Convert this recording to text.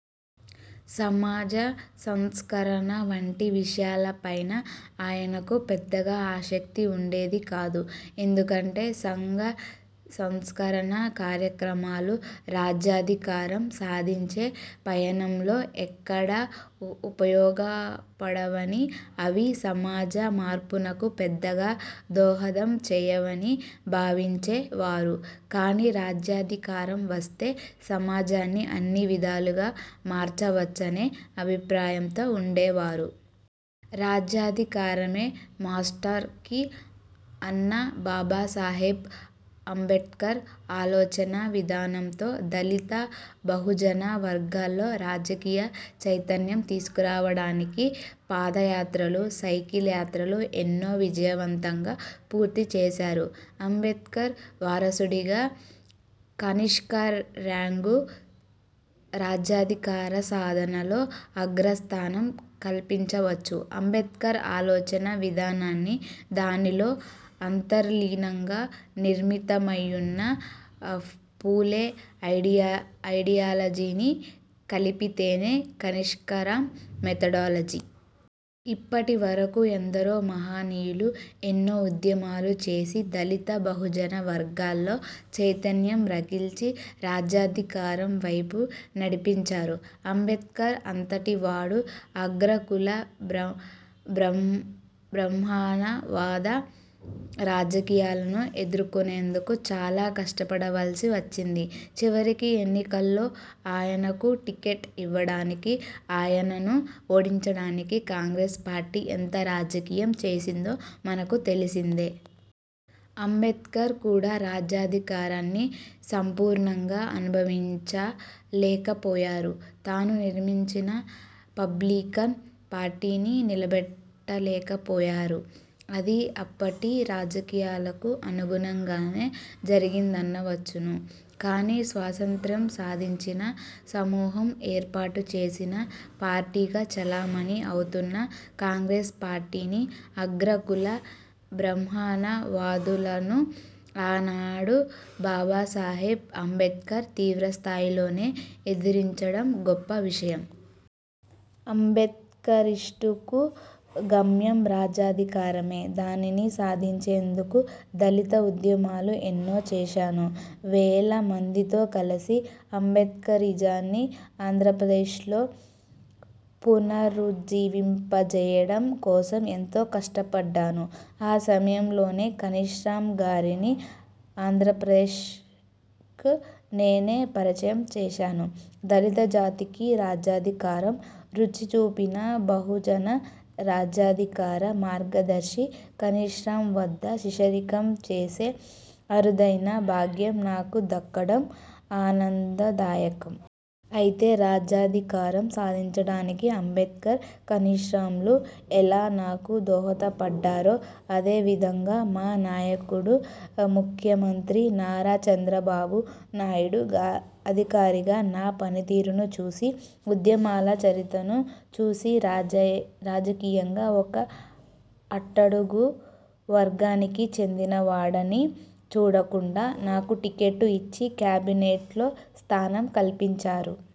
సమాజ సంస్కరణ వంటి విషయాలపైన ఆయనకు పెద్దగా ఆసక్తి ఉండేది కాదు. ఎందుకంటే సంఘ సంస్కరణ కార్యక్రమాలు రాజ్యాధికారం సాధించే పయనంలో ఎక్కడా ఉపయోగపడవని, అవి సమాజ మార్పునకు పెద్దగా దోహదం చేయవని భావించే వారు. కాని రాజ్యాధికారం వస్తే సమాజాన్ని అన్ని విధాలుగా మార్చవచ్చనే అభిప్రాయంతో ఉండేవారు. రాజ్యాధికారమే ''మాస్టర్ కీ'' అన్న బాబాసాహెబ్ అంబేడ్కర్ ఆలోచన విధానంతో దళిత, బహుజన వర్గాల్లో రాజకీయ చైతన్యం తీసుకురావడానికి పాదయాత్రలు, సైకిల్ యాత్రలు ఎన్నో విజయవంతంగా పూర్తి చేశారు. అంబేడ్కర్ వారసుడిగా కాన్షీరాంకు రాజ్యాధికార సాధనలో అగ్రస్థానం కల్పించవచ్చు. అంబేడ్కర్ ఆలోచన విధానాన్ని, దానిలో అంతర్లీనంగా నిర్మితమైయున్న ఫూలే ఐడియాలజీని కలిపితేనే కాన్షీరాం మెథడాలజీ. ఇప్పటి వరకు ఎందరో మహనీయులు ఎన్నో ఉద్యమాలు చేసి దళిత, బహుజన వర్గాల్లో చైతన్యం రగిల్చి, రాజ్యాధికారం వైపు నడిపించారు. అంబేడ్కర్ అంతటి వాడు అగ్రకుల, బ్రహ్మణవాద రాజకీయాలను ఎదుర్కొనేందుకు చాలా కష్టపడవలసి వచ్చింది. చివరికి ఎన్నికల్లో ఆయనకు టిక్కెట్ ఇవ్వడానికి, ఆయనను ఓడించడానికి కాంగ్రెస్ పార్టీ ఎంత రాజకీయం చేసిందో మనకు తెలిసిందే. అంబేడ్కర్ కూడా రాజ్యాధికారాన్ని సంపూర్ణంగా అనుభవించ లేకపోయారు. తను నిర్మించిన రిపబ్లికన్ పార్టీని నిలబెట్టలేకపోయారు. అది అప్పటి రాజకీయాలకు అనుగుణంగానే జరిగిందనవచ్చును. కానీ స్వాతంత్య్రం సాధించిన సమూహం ఏర్పాటు చేసిన పార్టీగా చెలామణి అవుతున్న కాంగ్రెస్ పార్టీని, అగ్రకుల బ్రహ్మాణవాదులను ఆనాడు బాబాసాహెబ్ అంబేడ్కర్ తీవ్రస్థాయిలోనే ఎదిరించడం గొప్ప విషయం. అంబేడ్కరిస్టుకు గమ్యం రాజ్యాధికారమే. దానిని సాధించేందుకు దళిత ఉద్యమాలు ఎన్నో చేశాను. వేలమందితో కలిసి అంబేడ్కరిజాన్ని ఆంధ్రప్రదేశ్లో పునరుజ్జీవింపచేయడం కోసం ఎంతో కష్టపడ్డాను. ఆ సమయంలోనే కాన్షీరాం గారిని ఆంధ్రప్రదేశ్కు నేనే పరిచయం చేశాను. దళిత జాతికి రాజ్యాధికారం రుచిచూపిన బహుజన రాజ్యాధికార మార్గదర్శి కాన్షీరాం వద్ద శిష్యరికం చేసే అరుదైన భాగ్యం నాకు దక్కడం ఆనందదాయకం. అయితే రాజ్యాధికారం సాధించడానికి అంబేడ్కర్, కాన్షీరాంలు ఎలా నాకు దోహదపడ్డారో అదే విధంగా మా నాయకుడు, ముఖ్యమంత్రి నారా చంద్రబాబు నాయుడు అధికారిగా నా పనితీరును చూసి ఉద్యమాల చరిత్రను చూసి రాజకీయంగా ఒక అట్టడుగు వర్గానికి చెందినవాడినని చూడకుండా, నాకు టిక్కెట్టు ఇచ్చి, కేబినేట్లో స్థానం కల్పించారు.